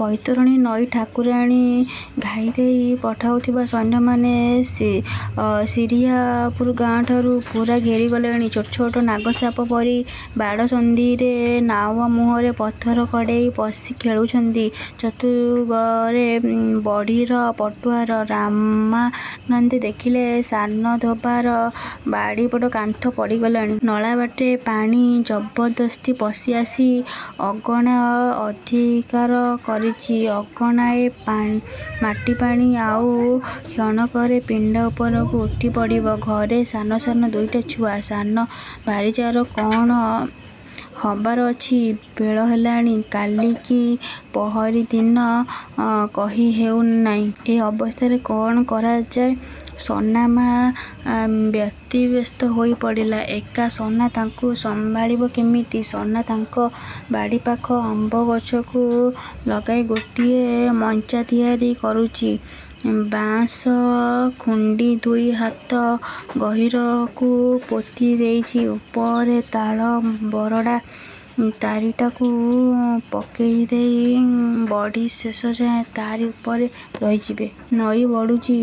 ବୈତରଣୀ ନଈ ଠାକୁରାଣୀ ଘାଇ ଦେଇ ପଠାଇଥିବା ସୈନ୍ୟମାନେ ଶିରିଆପୁର ଗାଁ'ଟାକୁ ପୂରା ଘେରି ଗଲେଣି। ଛୋଟ ଛୋଟ, ନାଗ ସାପ ପରି ବାଡ଼-ସନ୍ଧିରେ ନାଳୁଆ ମୁହଁରେ, ପଥର କଡ଼ରେ ପଶି ଖେଳୁଛନ୍ତି। ଚତୁର୍ଦ୍ଦିଗରେ ବଢ଼ିର ପଟୁଆର। ରାମାନନ୍ଦେ ଦେଖିଲେ–ସନା ଧୋବାର ବାଡ଼ିପଟ କାନ୍ଥ ପଡ଼ିଗଲାଣି। ନଳାବାଟେ ପାଣି ଜବରଦସ୍ତି ପଶିଆସି ଅଗଣା ଅଧିକାର କରିଚି। ଅଗଣାଏ ମାଟିପାଣି। ଆଉ କ୍ଷଣକରେ ପିଣ୍ଡା ଉପରକୁ ଉଠିପଡ଼ିବ। ଘରେ ସାନ ସାନ ଦୁଇଟା ଛୁଆ। ସନା ଭାରିଜାର କଣ ହବାର ଅଛି। ବେଳ ହେଲାଣି; କାଲି କି ପହରି ଦିନ କହି ହେଉ ନାଇଁ। ଏ ଅବସ୍ଥାରେ କଣ କରାଯାଏ? ସନା-ମା ବ୍ୟତିବ୍ୟସ୍ତ ହୋଇପଡ଼ିଲା। ଏକା ସନା, ତାଙ୍କୁ ସମ୍ଭାଳିବ କେମିତି। ସନା ତାଙ୍କ ବାଡ଼ିପାଖ ଆମ୍ବଗଛକୁ ଲଗାଇ ଗୋଟିଏ ମଞ୍ଚା ତିଆରି କରୁଚି। ବାଆଁଶ ଖୁଣ୍ଟି ଦୁଇ ହାତ ଗହୀରକୁ ପୋତି ଦେଇଚି। ଉପରେ ତାଳ ବରଡ଼ା ତାଟିଟାକୁ ପକେଇ ଦେଲେ ବଢ଼ି ଶେଷଯାଏଁ ତା'ରି ଉପରେ ରହିଯିବେ। ନଈ ବଢ଼ୁଚି।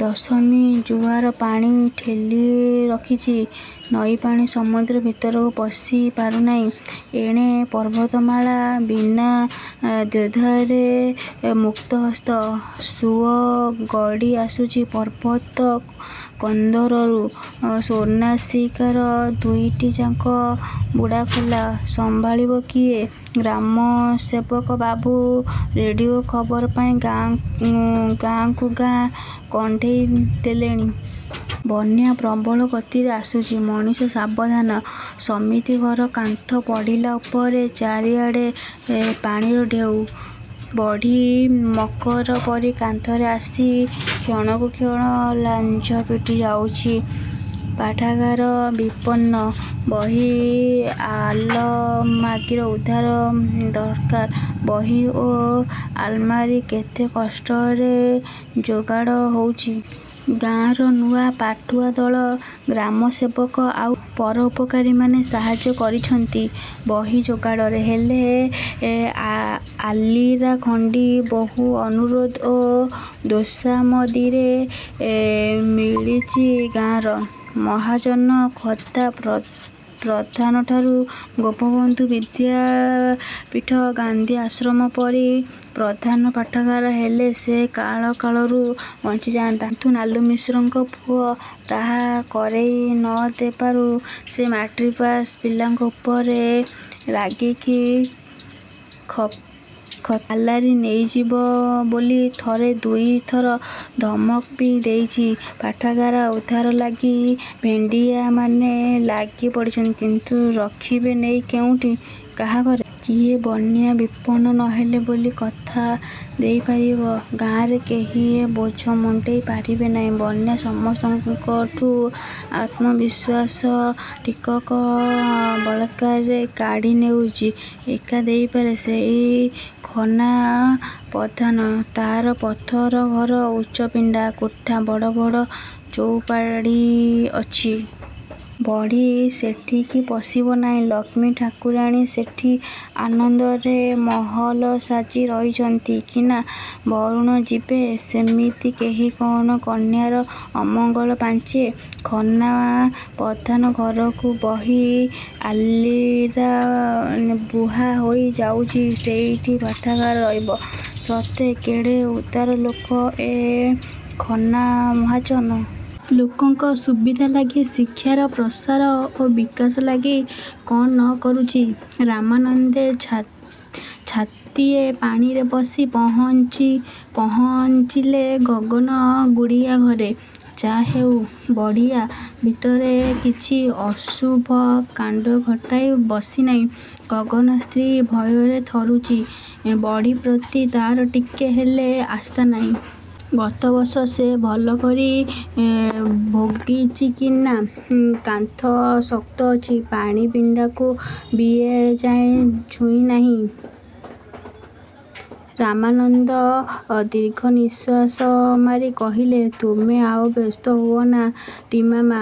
ଦଶମୀ ଜୁଆର ପାଣି ଠେଲି ରଖିଚି। ନଈପାଣି ସମୁଦ୍ର ଭିତରକୁ ପଶି ପାରୁନାଇଁ। ଏଣେ ପର୍ବତମାଳା ବିନା ଦ୍ୱିଧାରେ ମୁକ୍ତହସ୍ତ। ସୁଅ ଗଡ଼ି ଆସୁଚି ପର୍ବତ କନ୍ଦରରୁ। ଗୋନାସିକାର ଦୁଇଟିଯାକ ପୁଡ଼ା ଖୋଲା। ସମ୍ଭାଳିବ କିଏ? ଗ୍ରାମସେବକ ବାବୁ ରେଡ଼ିଓ ଖବର ପାଇ ଗାଁକୁ ଗାଁ ଶୁଣେଇ ଦେଲେଣି। ବନ୍ୟା ପ୍ରବଳ ଗତିରେ ଆସୁଚି; ମଣିଷ ସାବଧାନ। ସମିତି ଘର କାନ୍ଥ ପଡ଼ିବା ଉପରେ। ଚାରିଆଡ଼େ ପାଣିର ଢେଉ। ବଢ଼ି ମକର ପରି କାନ୍ଥରେ ଆସି କ୍ଷଣକୁ କ୍ଷଣ ଲାଞ୍ଜ ପିଟି ଯାଉଚି। ପାଠାଗାର ବିପନ୍ନ। ବହି ଆଲମାରୀର ଉଦ୍ଧାର ଦର୍କାର। ବହି ଓ ଆଲମାରୀ କେତେ କଷ୍ଟରେ ଯୋଗାଡ଼ ହୋଇଚି। ଗାଁର ନୂଆ ପାଠୁଆଦଳ, ଗ୍ରାମସେବକ, ଆଉ ପରୋପକାରୀମାନେ ସାହାଯ୍ୟ କରିଛନ୍ତି ବହି ଯୋଗଡ଼ରେ। ହେଲେ, ଆଲ୍ମିରା ଖଣ୍ଡି ବହୁ ଅନୁରୋଧ ଓ ତୋଷାମଦିରେ ମିଳିଚି ଗାଁର। ମହାଜନ ଖନା ପଧାନଠାରୁ। ଗୋପବନ୍ଧୁ ବିଦ୍ୟାପୀଠ, ଗାନ୍ଧୀ ଆଶ୍ରମ ପରି ପଧାନ ପାଠାଗାର ହେଲେ ସେ କାଳ କାଳକୁ ବଞ୍ଚିଯାଆନ୍ତା। କିନ୍ତୁ ନାଲୁମିଶ୍ରଙ୍କ ପୁଅ ତାହା କରେଇ ନଦେବାରୁ ସେ ମାଟ୍ରିକ୍ ପାସ୍ ପିଲାଙ୍କ ଉପରେ ରାଗିକି ଖପ୍ପା। ଆଲ୍ମାରୀ ନେଇଯିବ ବୋଲି ଥରେ ଦୁଇଥର ଧମକ ବି ଦେଇଚି। ପାଠାଗାର ଉଦ୍ଧାର ଲାଗି ଭେଣ୍ଡିଆମାନେ ଲାଗି ପଡ଼ିଛନ୍ତି। କିନ୍ତୁ, ରଖିବେ ନେଇ କେଉଁଠି? କାହା ଘରେ? କିଏ ବନ୍ୟା-ବିପନ୍ନ ନହେବ ବୋଲି କଥା ଦେଇପାରିବ? ଗାଁରେ କେହି ଏ ବୋଝ ମୁଣ୍ଡେଇ ପାରିବେ ନାଇଁ। ବନ୍ୟା ସମସ୍ତଙ୍କଠୁଁ ଆତ୍ମବିଶ୍ୱାସ ଟିକକ ବଳାତ୍କାରେ କାଢ଼ି ନେଇଚି। ଏକା ଦେଇପାରେ ସେଇ ଖନା ପଧାନ। ତାର ପଥର ଘର ଉଚ୍ଚ ପିଣ୍ଡା, କୋଠା। ବଡ଼ ବଡ଼ ଚଉପାଢ଼ୀ ଅଛି। ବଢ଼ି ସେଠିକି ପଶିବ ନାଇଁ। ଲକ୍ଷ୍ମୀ ଠାକୁରାଣୀ ସେଠି ଆନନ୍ଦରେ ମହଲସାଜି ରହିଛନ୍ତି କି ନା, ବରୁଣ ଯିବେ କେମିତି କେହି କଣ କନ୍ୟାର ଅମଙ୍ଗଳ ପାଞ୍ଚେ। ଖନା ପଧାନ ଘରକୁ ବହି ଆଲ୍ମିରା ବୁହା ହୋଇ ଯାଉଚି। ସେଇଠି ପାଠାଗାର ରହିବ। ସତେ କେଡ଼େ ଉଦାର ଲୋକ ଏ ଖନା ମହାଜନ। ଲୋକଙ୍କ ସୁବିଧା ଲାଗି ଶିକ୍ଷାର ପ୍ରସାର ଓ ବିକାଶ ଲାଗି କଣ ନ କରୁଛି? ରାମାନନ୍ଦେ ଛାତିଏ ପାଣିରେ ପଶି ପହଞ୍ଚିଲେ ଗଗନ ଗୁଡ଼ିଆ ଘରେ। ଯା'ହେଉ–ବଢ଼ି ୟା' ଭିତରେ କିଛି ଅଶୁଭ କାଣ୍ଡ ଘଟାଇ ବସିନାଇଁ। ଗଗନ ସ୍ତ୍ରୀ ଭୟରେ ଥରୁଚି। ବଢ଼ି ପ୍ରତି ତାର ଟିକେ ହେଲେ ଆସ୍ଥା ନାଇଁ। ଗତବର୍ଷ ସେ ଭଲ କରି ଭୋଗିଚି କି ନା? କାନ୍ଥ ଶକ୍ତ ଅଛି। ପାଣି ପିଣ୍ଡାକୁ ବି ଏ ଯାଏଁ ଛୁଇଁ ନାହିଁ। ରାମାନନ୍ଦେ ଦୀର୍ଘ ନିଶ୍ୱାସମାରି କହିଲେ–ତୁମେ ଆଉ ବ୍ୟସ୍ତ ହୁଅନା ଟିମା-ମା।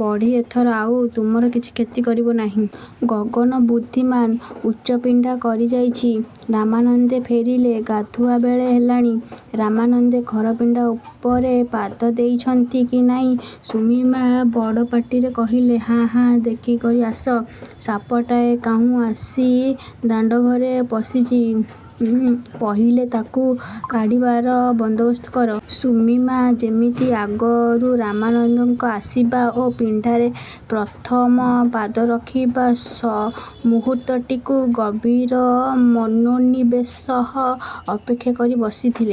ବଢ଼ି ଏଥର ଆଉ ତୁମର କିଛି କ୍ଷତି କରିବ ନାହିଁ। ଗଗନ ବୁଦ୍ଧିମାନ। ଉଚ୍ଚ ପିଣ୍ଡା କରିଯାଇଚି। ରାମାନନ୍ଦେ ଫେରିଲେ। ଗାଧୁଆବେଳ ହେଲାଣି। ରାମାନନ୍ଦେ ଘର ପିଣ୍ଡା ଉପରେ ପାଦ ଦେଇଛନ୍ତି କି ନାଇଁ ସୁମି-ମା ବଡ଼ ପାଟିରେ କହିଲେ–ହାଁ-ହାଁ ଦେଖି କରି ଆସ। ସାପଟାଏ କାହୁଁ ଆସି ଦାଣ୍ଡଘରେ ପଶିଚି। ପହିଲେ ତାକୁ କାଢ଼ିବାର ବନ୍ଦୋବସ୍ତ କର। ସୁମି-ମା ଯେମିତି ଆଗରୁ ରାମନନ୍ଦଙ୍କ ଆସିବା ଓ ପିଣ୍ଡାରେ ପ୍ରଥମ-ପାଦ ରଖିବା ମୁହୂର୍ତ୍ତଟିକୁ ଗଭୀର ମନୋନିବେଶ ସହ ଅପେକ୍ଷା କରି ବସିଥିଲେ।